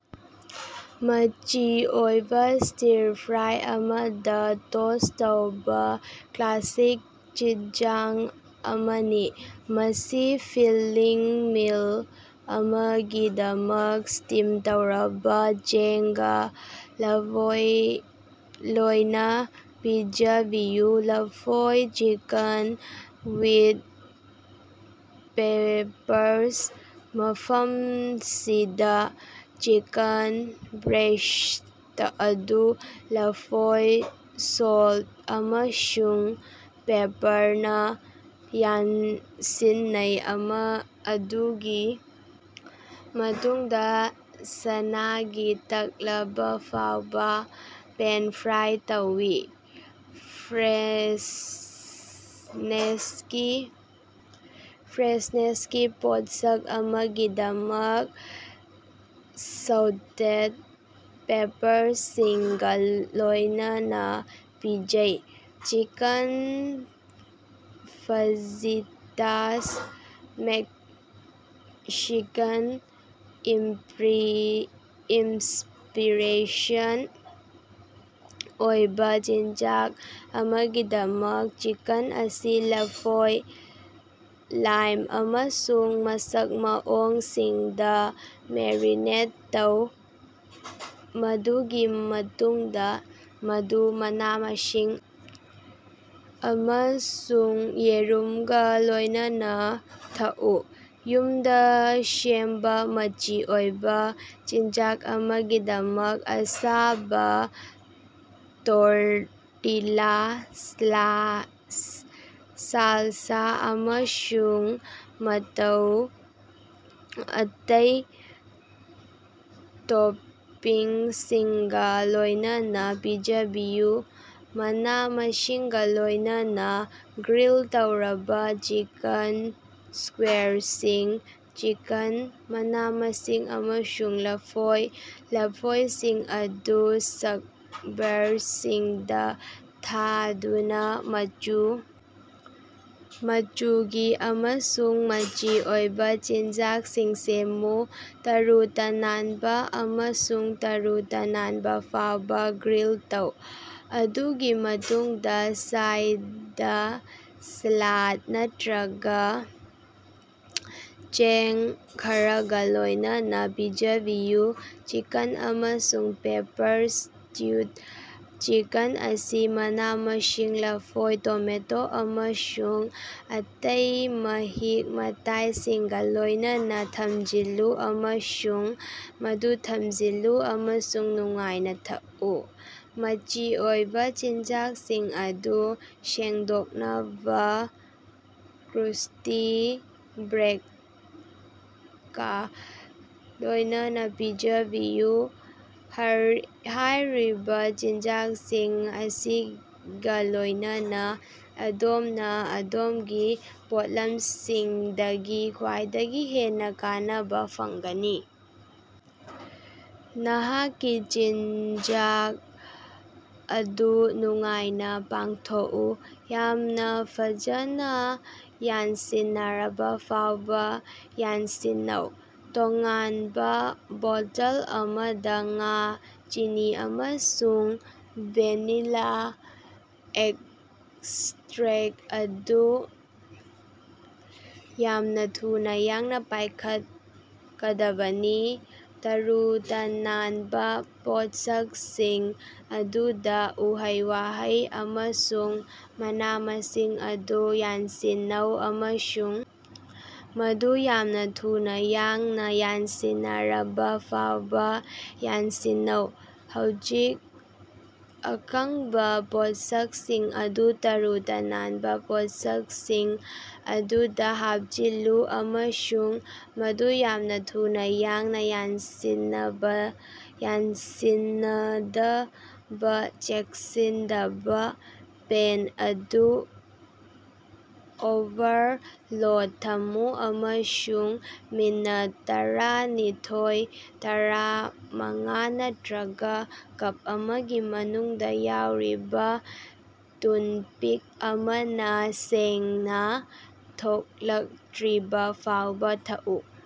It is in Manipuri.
ꯃꯆꯤ ꯑꯣꯏꯕꯥ ꯁ꯭ꯇꯤꯔ ꯐ꯭ꯔꯥꯏ ꯑꯃꯗꯥ ꯇꯣꯁ ꯇꯧꯕꯥ ꯀ꯭ꯂꯥꯁꯤꯛ ꯆꯤꯠꯖꯥꯡ ꯑꯃꯅꯤ꯫ ꯃꯁꯤ ꯐꯤꯜꯂꯤꯡ ꯃꯤꯜ ꯑꯃꯒꯤꯗꯃꯛ ꯁ꯭ꯇꯤꯝ ꯇꯧꯔꯕꯥ ꯆꯦꯡꯒꯥ ꯂꯕꯣꯏ ꯂꯣꯌꯏꯅꯥ ꯄꯤꯖꯕꯤꯌꯨ꯫ ꯂꯐꯣꯏ ꯆꯤꯀꯟ ꯋꯤꯠ ꯄꯦꯄꯔꯁ: ꯃꯐꯝꯁꯤꯗꯥ, ꯆꯤꯀꯟ ꯕ꯭ꯔꯦꯁ꯭ꯠ ꯑꯗꯨ ꯂꯐꯣꯏ, ꯁꯣꯜꯇ ꯑꯃꯁꯨꯡ ꯄꯦꯄꯔꯅꯥ ꯌꯥꯟꯁꯤꯟꯅꯩ, ꯑꯃ ꯑꯗꯨꯒꯤ ꯃꯇꯨꯡꯗꯥ ꯁꯅꯥꯒꯤ ꯇꯛꯂꯕꯥ ꯐꯥꯎꯕꯥ ꯄꯦꯟ-ꯐ꯭ꯔꯥꯏ ꯇꯧꯏ꯫ ꯐ꯭ꯔꯦꯁꯅꯦꯁꯀꯤ ꯐꯔꯦꯁꯅꯦꯁꯀꯤ ꯄꯣꯠꯁꯛ ꯑꯃꯒꯤꯗꯃꯛ ꯁꯧꯇꯦꯗ ꯄꯦꯄꯔꯁꯤꯡꯒꯥ ꯂꯣꯌꯅꯅꯥ ꯄꯤꯖꯩ꯫ ꯆꯤꯀꯟ ꯐꯥꯖꯤꯇꯥꯁ: ꯃꯦꯛꯁꯤꯀꯥꯟ ꯏꯝꯄꯔꯤ ꯏꯝꯁ꯭ꯄꯤꯔꯦꯁꯟ ꯑꯣꯏꯕꯥ ꯆꯤꯠꯖꯥꯡ ꯑꯃꯒꯤꯗꯃꯛ, ꯆꯤꯀꯟ ꯑꯁꯤ ꯂꯐꯣꯏ, ꯂꯥꯏꯝ ꯑꯃꯁꯨꯡ ꯃꯁꯛ ꯃꯑꯣꯡꯁꯤꯡꯗꯥ ꯃꯦꯔꯤꯅꯦꯠ ꯇꯧ, ꯃꯗꯨꯒꯤ ꯃꯇꯨꯡꯗꯥ ꯃꯗꯨ ꯃꯅꯥ-ꯃꯁꯤꯡ ꯑꯃꯁꯨꯡ ꯌꯦꯔꯨꯝꯒꯥ ꯂꯣꯌꯏꯅꯥ ꯊꯛꯎ꯫ ꯌꯨꯝꯗꯥ ꯁꯦꯝꯕꯥ ꯃꯆꯤ ꯑꯣꯏꯕꯥ ꯆꯤꯟꯖꯥꯛ ꯑꯃꯒꯤꯗꯃꯛ ꯑꯁꯥꯕꯥ ꯇꯣꯔꯇꯤꯂꯥ, ꯁꯥꯂꯁꯥ ꯑꯃꯁꯨꯡ ꯑꯇꯩ ꯇꯣꯄꯤꯡꯁꯤꯡꯒꯥ ꯂꯣꯏꯅꯅꯥ ꯄꯤꯖꯕꯤꯌꯨ꯫ ꯃꯅꯥ-ꯃꯁꯤꯡꯒꯥ ꯂꯣꯏꯅꯅꯥ ꯒ꯭ꯔꯤꯜ ꯇꯧꯔꯕꯥ ꯆꯤꯀꯟ ꯁ꯭ꯀꯨꯌꯥꯔꯁꯤꯡ: ꯆꯤꯀꯟ, ꯃꯅꯥ-ꯃꯁꯤꯡ ꯑꯃꯁꯨꯡ ꯂꯐꯣꯏ ꯂꯐꯣꯏꯁꯤꯡ ꯑꯗꯨ ꯁ꯭ꯛꯕ꯭ꯌꯥꯔꯁꯤꯡꯗꯥ ꯊꯥꯗꯨꯅꯥ ꯃꯆꯨ ꯃꯆꯨꯒꯤ ꯑꯃꯁꯨꯡ ꯃꯆꯤ ꯑꯣꯏꯕꯥ ꯆꯤꯟꯖꯥꯛꯁꯤꯡ ꯁꯦꯝꯃꯨ꯫ ꯇꯔꯨ-ꯇꯅꯥꯟꯕꯥ ꯑꯃꯁꯨꯡ ꯇꯔꯨ-ꯇꯅꯥꯟꯕꯥ ꯐꯥꯎꯕꯥ ꯒ꯭ꯔꯤꯜ ꯇꯧ, ꯃꯗꯨꯒꯤ ꯃꯇꯨꯡꯗꯥ ꯁꯥꯏꯗ ꯁꯥꯂꯥꯗ ꯅꯠꯇꯔꯒꯥ ꯆꯦꯡ ꯈꯔꯒꯥ ꯂꯣꯏꯅꯅꯥ ꯄꯤꯖꯕꯤꯌꯨ꯫ ꯆꯤꯀꯟ ꯑꯃꯁꯨꯡ ꯄꯦꯄꯔ ꯁ꯭ꯇꯨ: ꯆꯤꯀꯟ ꯑꯁꯤ ꯃꯅꯥ-ꯃꯁꯤꯡ, ꯂꯐꯣꯏ, ꯇꯣꯃꯦꯇꯣ, ꯑꯃꯁꯨꯡ ꯑꯇꯩ ꯃꯍꯤꯛ-ꯃꯇꯥꯏꯁꯤꯡꯒꯥ ꯂꯣꯏꯅꯅꯥ ꯊꯝꯖꯤꯜꯂꯨ ꯑꯃꯁꯨꯡ ꯃꯗꯨ ꯊꯝꯖꯤꯜꯂꯨ ꯑꯃꯁꯨꯡ ꯅꯨꯡꯉꯥꯏꯅꯥ ꯊꯛꯎ꯫ ꯃꯆꯤ ꯑꯣꯏꯕꯥ ꯆꯤꯟꯖꯥꯛꯁꯤꯡ ꯑꯗꯨ ꯁꯦꯡꯗꯣꯛꯅꯕꯥ ꯀ꯭ꯔꯨꯁ꯭ꯇꯤ ꯕ꯭ꯔꯦꯗꯀꯥ ꯂꯣꯌꯅꯅꯥ ꯄꯤꯖꯕꯤꯌꯨ꯫ ꯍꯥꯌꯔꯤꯕꯥ ꯆꯤꯠꯖꯥꯡꯁꯤꯡ ꯑꯁꯤꯒꯥ ꯂꯣꯏꯅꯅꯥ ꯑꯗꯣꯝꯅꯥ ꯑꯗꯣꯝꯒꯤ ꯄꯣꯠꯂꯝꯁꯤꯡꯗꯒꯤ ꯈ꯭ꯋꯥꯏꯗꯒꯤ ꯍꯦꯟꯅꯥ ꯀꯥꯟꯅꯕꯥ ꯐꯪꯂꯒꯅꯤ! ꯅꯍꯥꯛꯀꯤ ꯆꯤꯠꯖꯥꯛ ꯑꯗꯨ ꯅꯨꯡꯉꯥꯏꯅꯥ ꯄꯥꯡꯊꯣꯛꯎ! ꯫ ꯌꯥꯝꯅꯥ ꯐꯖꯅꯥ ꯌꯥꯟꯁꯤꯟꯅꯔꯕꯥ ꯐꯥꯎꯕꯥ ꯌꯥꯟꯁꯤꯟꯅꯧ꯫ ꯇꯣꯉꯥꯟꯕꯥ ꯕꯣꯇꯜ ꯑꯃꯗꯥ ꯉꯥ, ꯆꯤꯅꯤ ꯑꯃꯁꯨꯡ ꯚꯦꯅꯤꯂꯥ ꯑꯦꯛꯁꯇ꯭ꯔꯦꯛꯇ ꯑꯗꯨ ꯌꯥꯝꯅꯥ ꯊꯨꯅꯥ ꯌꯥꯡꯅꯥ ꯄꯥꯏꯈꯠꯀꯗꯕꯅꯤ꯫ ꯇꯔꯨ-ꯇꯅꯥꯟꯕꯥ ꯄꯣꯠꯁꯛꯁꯤꯡ ꯑꯗꯨꯗꯥ ꯎꯍꯩ-ꯋꯥꯍꯩ ꯑꯃꯁꯨꯡ ꯃꯅꯥ-ꯃꯁꯤꯡ ꯑꯗꯨ ꯌꯥꯟꯁꯤꯟꯅꯧ ꯑꯃꯁꯨꯡ ꯃꯗꯨ ꯌꯥꯝꯅꯥ ꯊꯨꯅꯥ ꯌꯥꯡꯅꯥ ꯌꯥꯟꯁꯤꯟꯅꯔꯕꯥ ꯐꯥꯎꯕꯥ ꯌꯥꯟꯁꯤꯟꯅꯧ꯫ ꯍꯧꯖꯤꯛ, ꯑꯀꯪꯕꯥ ꯄꯣꯠꯁꯛꯁꯤꯡ ꯑꯗꯨ ꯇꯔꯨ-ꯇꯅꯥꯟꯕꯥ ꯄꯣꯠꯁꯛꯁꯤꯡ ꯑꯗꯨꯗꯥ ꯍꯥꯞꯆꯤꯜꯂꯨ, ꯑꯃꯁꯨꯡ ꯃꯗꯨ ꯌꯥꯝꯅꯥ ꯊꯨꯅꯥ ꯌꯥꯡꯅꯥ ꯌꯥꯟꯁꯤꯟꯅꯗꯅꯕꯥ ꯆꯦꯛꯁꯤꯠꯗꯕꯅꯤ꯫ ꯄꯦꯟ ꯑꯗꯨ ꯑꯣꯚꯔꯑꯣꯂꯗꯥ ꯊꯝꯃꯨ ꯑꯃꯁꯨꯡ ꯃꯤꯅꯠꯇꯔꯥꯅꯤꯊ‌ꯣꯏ- ꯇꯔꯥꯃꯉꯥ ꯅꯠꯇꯔꯒꯥ ꯀꯞ ꯑꯃꯒꯤ ꯃꯅꯨꯡꯗꯥ ꯌꯥꯎꯔꯤꯕꯥ ꯇꯨꯟꯄꯤꯛ ꯑꯃꯅꯥ ꯁꯦꯡꯅꯥ ꯊꯣꯛꯂꯛꯇꯔꯤꯕ ꯐꯥꯎꯕꯥ ꯊꯛꯎ꯫